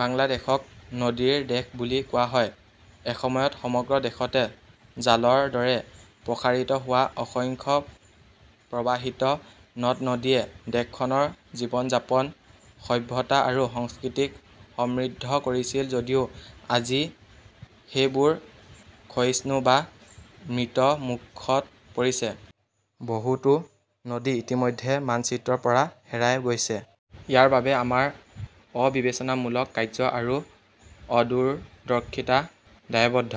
বাংলাদেশক নদীৰ দেশ বুলি কোৱা হয়। এসময়ত সমগ্ৰ দেশতে জালৰ দৰে প্ৰসাৰিত হোৱা অসংখ্য প্ৰৱাহিত নদ-নদীয়ে দেশখনৰ জীৱন-যাপন, সভ্যতা আৰু সংস্কৃতিক সমৃদ্ধ কৰিছিল যদিও আজি সেইবোৰ ক্ষয়িষ্ণু বা মৃত্যমুখত পৰিছে। বহুতো নদী ইতিমধ্যে মানচিত্ৰৰ পৰা হেৰাই গৈছে। ইয়াৰ বাবে আমাৰ অবিবেচনামূলক কাৰ্য্য আৰু অদূৰদৰ্শিতা দায়বদ্ধ।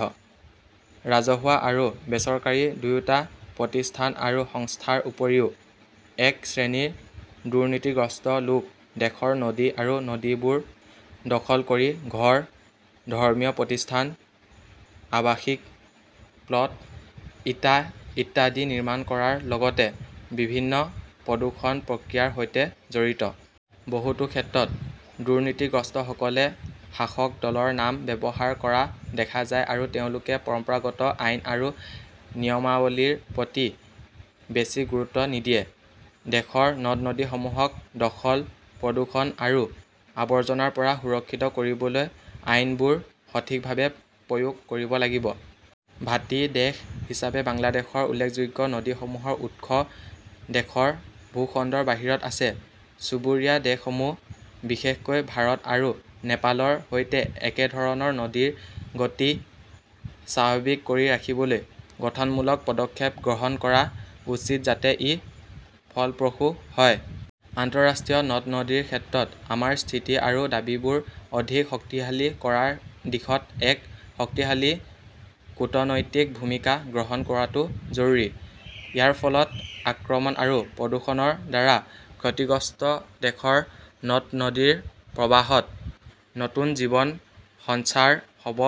ৰাজহুৱা আৰু বেচৰকাৰী দুয়োটা প্ৰতিষ্ঠান আৰু সংস্থাৰ উপৰিও, এক শ্ৰেণীৰ দুৰ্নীতিগ্ৰস্ত লোক দেশৰ নদী আৰু নদীবোৰ দখল কৰি ঘৰ, ধৰ্মীয় প্ৰতিষ্ঠান, আৱাসিক প্লট, ইটা ইত্যাদি নিৰ্মাণ কৰাৰ লগতে বিভিন্ন প্ৰদূষণ প্ৰক্ৰিয়াৰ সৈতে জড়িত। বহুতো ক্ষেত্ৰত, দুৰ্নীতিগ্ৰস্তসকলে শাসক দলৰ নাম ব্যৱহাৰ কৰা দেখা যায় আৰু তেওঁলোকে পৰম্পৰাগত আইন আৰু নিয়মাৱলীৰ প্ৰতি বেছি গুৰুত্ব নিদিয়ে। দেশৰ নদ-নদীসমূহক দখল, প্ৰদূষণ আৰু আৱৰ্জনাৰ পৰা সুৰক্ষিত কৰিবলৈ আইনবোৰ সঠিকভাৱে প্ৰয়োগ কৰিব লাগিব। ভাটি দেশ হিচাপে বাংলাদেশৰ উল্লেখযোগ্য নদীসমূহৰ উৎস দেশৰ ভূখণ্ডৰ বাহিৰত আছে। চুবুৰীয়া দেশসমূহ, বিশেষকৈ ভাৰত আৰু নেপালৰ সৈতে একেধৰণৰ নদীৰ গতি স্বাভাৱিক কৰি ৰাখিবলৈ গঠনমূলক পদক্ষেপ গ্ৰহণ কৰা উচিত যাতে ই ফলপ্ৰসূ হয়। আন্তঃৰাষ্ট্ৰীয় নদ- নদীৰ ক্ষেত্ৰত আমাৰ স্থিতি আৰু দাবীবোৰ অধিক শক্তিশালী কৰাৰ দিশত এক শক্তিশালী কূটনৈতিক ভূমিকা গ্ৰহণ কৰাটো জৰুৰী। ইয়াৰ ফলত আক্ৰমণ আৰু প্ৰদূষণৰ দ্বাৰা ক্ষতিগ্ৰস্ত দেশৰ নদ-নদীৰ প্ৰবাহত নতুন জীৱন সঞ্চাৰ হ'ব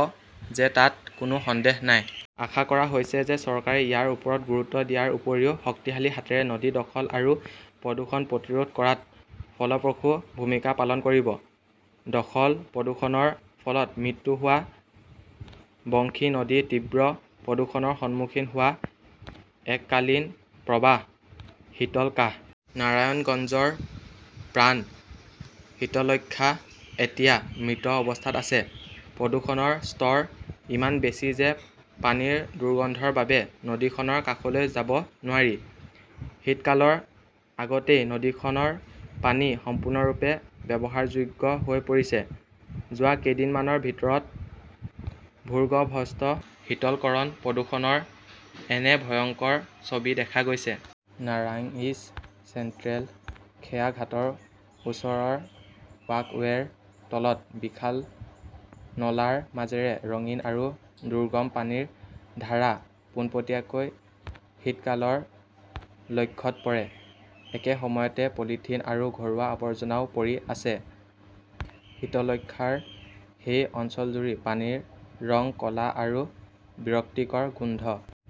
যে তাত কোনো সন্দেহ নাই। আশা কৰা হৈছে যে চৰকাৰে ইয়াৰ ওপৰত গুৰুত্ব দিয়াৰ উপৰিও শক্তিশালী হাতৰে নদী দখল আৰু প্ৰদূষণ প্ৰতিৰোধ কৰাত ফলপ্ৰসূ ভূমিকা পালন কৰিব। দখল-প্ৰদূষণৰ ফলত মৃত্যু হোৱা বংশী নদী তীব্ৰ প্ৰদূষণৰ সন্মুখীন হোৱা এককালীন প্ৰবাহ শীতলকাহ। নাৰায়ণগঞ্জৰ প্ৰাণ শীতলক্ষ্যা এতিয়া মৃত অৱস্থাত আছে। প্ৰদূষণৰ স্তৰ ইমান বেছি যে পানীৰ দুৰ্গন্ধৰ বাবে নদীখনৰ কাষলৈ যাব নোৱাৰি। শীতকালৰ আগতেই নদীখনৰ পানী সম্পূৰ্ণৰূপে ব্যৱহাৰযোগ্য হৈ পৰিছে। যোৱা কেইদিনমানৰ ভিতৰত ভূগৰ্ভস্থ শীতলকৰণ প্ৰদূষণৰ এনে ভয়ংকৰ ছবি দেখা গৈছে। নাৰাংইজ চেণ্ট্ৰেল খেয়াঘাটৰ ওচৰৰ ৱাকৱেৰ তলত বিশাল নলাৰ মাজেৰে ৰঙীন আৰু দুৰ্গম পানীৰ ধাৰা পোনপটীয়াকৈ শীতকালৰ লক্ষ্যত পৰে। একে সময়তে পলিথিন আৰু ঘৰুৱা আৱৰ্জনাও পৰি আছে। শীতলক্ষ্যাৰ সেই অঞ্চলজুৰি পানীৰ ৰং ক'লা আৰু বিৰক্তিকৰ গোন্ধ।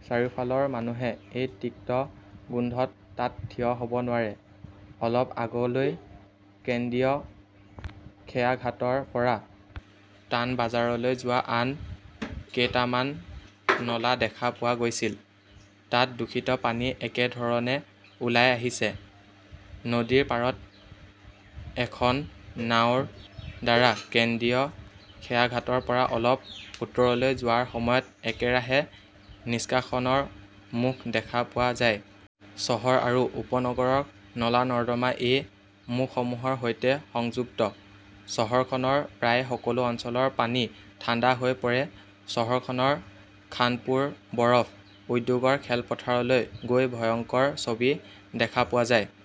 চাৰিওফালৰ মানুহে এই তিক্ত গোন্ধত তাত থিয় হ'ব নোৱাৰে। অলপ আগলৈ, কেন্দ্ৰীয় খেয়াঘাটৰ পৰা তানবাজাৰলৈ যোৱা আন কেইটামান নলা দেখা পোৱা গৈছিল। তাত দূষিত পানী একে ধৰণে ওলাই আহিছে। নদীৰ পাৰত এখন নাওৰ দ্বাৰা কেন্দ্ৰীয় খেয়াঘাটৰ পৰা অলপ উত্তৰলৈ যোৱাৰ সময়ত একেৰাহে নিষ্কাশনৰ মুখ দেখা পোৱা যায়। চহৰ আৰু উপনগৰৰ নলা-নৰ্দমা এই মুখসমূহৰ সৈতে সংযুক্ত। চহৰখনৰ প্ৰায় সকলো অঞ্চলৰ পানী ঠাণ্ডা হৈ পৰে। চহৰখনৰ খানপুৰ বৰফ উদ্যোগৰ খেলপথাৰলৈ গৈ ভয়ংকৰ ছবি দেখা পোৱা যায়।